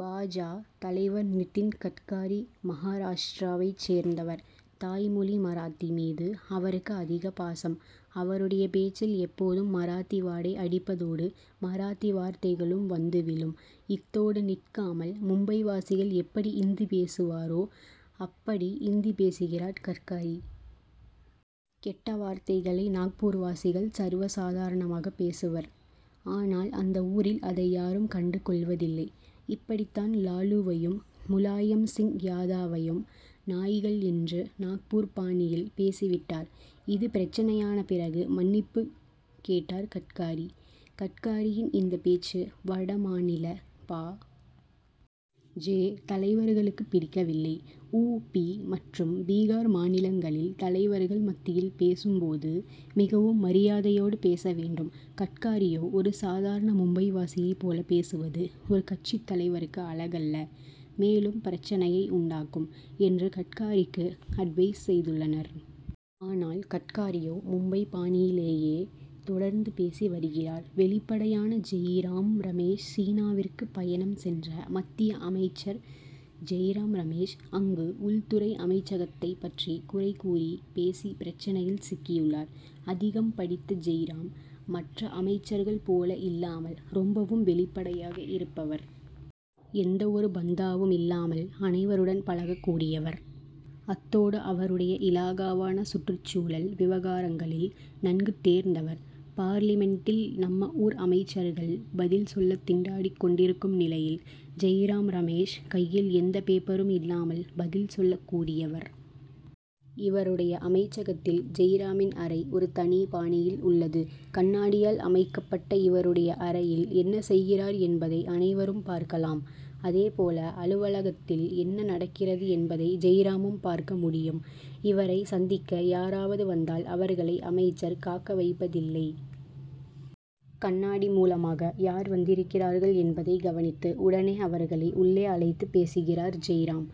பா. ஜ., தலைவர் நிதின் கட்காரி மகாராஷ்டிராவைச் சேர்ந்தவர். தாய்மொழி மராத்தி மீது அவருக்கு அதிக பாசம். அவருடைய பேச்சில் எப்போதும் மராத்தி வாடை அடிப்பதோடு, மராத்தி வார்த்தைகளும் வந்து விழும். இத்தோடு நிற்காமல் மும்பை வாசிகள் எப்படி இந்தி பேசுவரோ அப்படி இந்தி பேசுகிறார் கட்காரி. கெட்ட வார்த்தைகளை நாக்பூர்வாசிகள் சர்வ சாதாரணமாக பேசுவர். ஆனால், அந்த ஊரில் அதை யாரும் கண்டுகொள்வதில்லை. இப்படித்தான் லாலுவையும், முலாயம் சிங் யாதவையும், நாய்கள் என்று நாக்பூர் பாணியில் பேசிவிட்டார். இது பிரச்னையான பிறகு மன்னிப்பு கேட்டார் கட்காரி. கட்காரியின் இந்த பேச்சு, வட மாநில பா. ஜ., தலைவர்களுக்குப் பிடிக்கவில்லை. 'உ. பி., மற்றும் பீகார் மாநிலங்களில் தலைவர்கள் மத்தியில் பேசும் போது மிகவும் மரியாதையோடு பேச வேண்டும். கட்காரியோ ஒரு சாதாரண மும்பைவாசியைப் போல பேசுவது ஒரு கட்சித் தலைவருக்கு அழகல்ல. மேலும், பிரச்னையை உண்டாக்கும்' என்று கட்காரிக்கு அட்வைஸ் செய்துள்ளனர். ஆனால், கட்காரியோ மும்பை பாணியிலேயே தொடர்ந்து பேசி வருகிறார். வெளிப்படையான ஜெய்ராம் ரமேஷ் சீனாவிற்கு பயணம் சென்ற மத்திய அமைச்சர் ஜெய்ராம் ரமேஷ், அங்கு உள்துறை அமைச்சகத்தைப் பற்றி குறை கூறி பேசி பிரச்னையில் சிக்கியுள்ளார். அதிகம் படித்த ஜெய்ராம், மற்ற அமைச்சர்கள் போல இல்லாமல், ரொம்பவும் வெளிப்படையாக இருப்பவர். எந்த ஒரு பந்தாவும் இல்லாமல் அனைவருடன் பழகக் கூடியவர். அத்தோடு அவருடைய இலாகாவான சுற்றுச் சூழல் விவகாரங்களில் நன்கு தேர்ந்தவர். பார்லிமென்டில் நம்ம ஊர் அமைச்சர்கள் பதில் சொல்ல திண்டாடிக் கொண்டிருக்கும் நிலையில், ஜெய்ராம் ரமேஷ் கையில் எந்த பேப்பரும் இல்லாமல் பதில் சொல்லக் கூடியவர். இவருடைய அமைச்சகத்தில் ஜெய்ராமின் அறை ஒரு தனி பாணியில் உள்ளது. கண்ணாடியால் அமைக்கப் பட்ட இவருடைய அறையில் என்ன செய்கிறார் என்பதை அனைவரும் பார்க்கலாம். அதே போல அலுவலகத்தில் என்ன நடக்கிறது என்பதை ஜெய்ராமும் பார்க்க முடியும். இவரை சந்திக்க யாராவது வந்தால், அவர்களை அமைச்சர் காக்க வைப்பதில்லை. கண்ணாடி மூலமாக யார் வந்திருக்கிறார்கள் என்பதை கவனித்து, உடனே அவர்களை உள்ளே அழைத்து, பேசுகிறார் ஜெய்ராம்.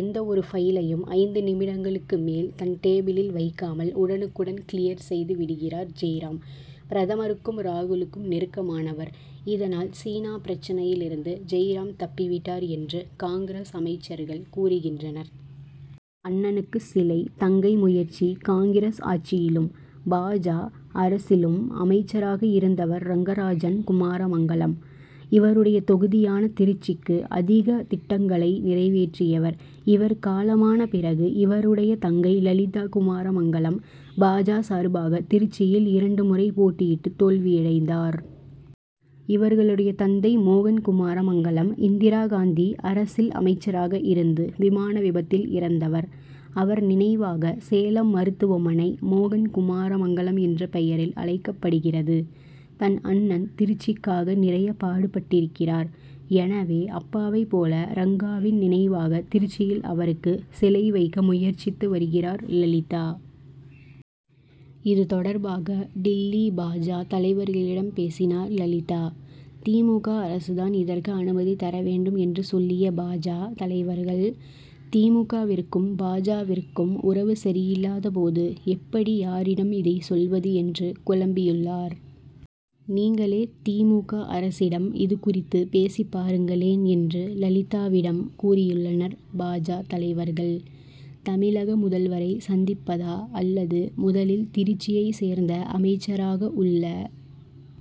எந்த ஒரு பைலையும், ஐந்து நிமிடங்களுக்கு மேல் தன் டேபிளில் வைக்காமல் உடனுக்குடன், 'க்ளியர்' செய்துவிடுகிறார் ஜெய்ராம். பிரதமருக்கும், ராகுலுக்கும் நெருக்கமானவர். இதனால், சீனா பிரச்னையிலிருந்து ஜெய்ராம் தப்பிவிட்டார் என்று காங்கிரஸ் அமைச்சர்கள் கூறுகின்றனர். அண்ணனுக்கு சிலை தங்கை முயற்சி காங்கிரஸ் ஆட்சியிலும், பா. ஜ., அரசிலும் அமைச்சராக இருந்தவர் ரங்கராஜன் குமாரமங்கலம். இவருடைய தொகுதியான திருச்சிக்கு, அதிக திட்டங்களை நிறைவேற்றியவர், இவர் காலமான பிறகு இவருடைய தங்கை லலிதா குமாரமங்கலம், பா. ஜ., சார்பாக திருச்சியில் இரண்டு முறை போட்டியிட்டு தோல்வியடைந்தார். இவர்களுடைய தந்தை மோகன் குமாரமங்கலம், இந்திரா காந்தி அரசில் அமைச்சராக இருந்து, விமான விபத்தில் இறந்தவர். அவர் நினைவாக சேலம் மருத்துவமனை மோகன் குமாரமங்கலம் என்ற பெயரில் அழைக்கப்படுகிறது. தன் அண்ணன் திருச்சிக்காக நிறைய பாடுபட்டிருக்கிறார். எனவே, அப்பாவைப் போல ரங்காவின் நினைவாக திருச்சியில் அவருக்கு சிலை வைக்க முயற்சித்து வருகிறார் லலிதா. இது தொடர்பாக, டில்லி பா. ஜ., தலைவர்களிடம் பேசினார் லலிதா. தி. மு. க., அரசுதான் இதற்கு அனுமதி தர வேண் டும் என்று சொல்லிய பா. ஜ., தலைவர்கள், தி. மு. க.,விற்கும் பா. ஜ.,விற்கும் உறவு சரியில்லாத போது எப்படி, யாரிடம் இதைச் சொல்வது என்று குழம்பியுள் ளார். நீங்களே தி. மு. க., அரசிடம் இதுகுறித்து பேசிப் பாருங்களேன் என்று லலிதாவிடம் கூறியுள்ளனர் பா. ஜ., தலைவர்கள். தமிழக முதல்வரை சந்திப் பதா அல்லது முதலில் திருச்சியை சேர்ந்த அமைச்சராக உள்ள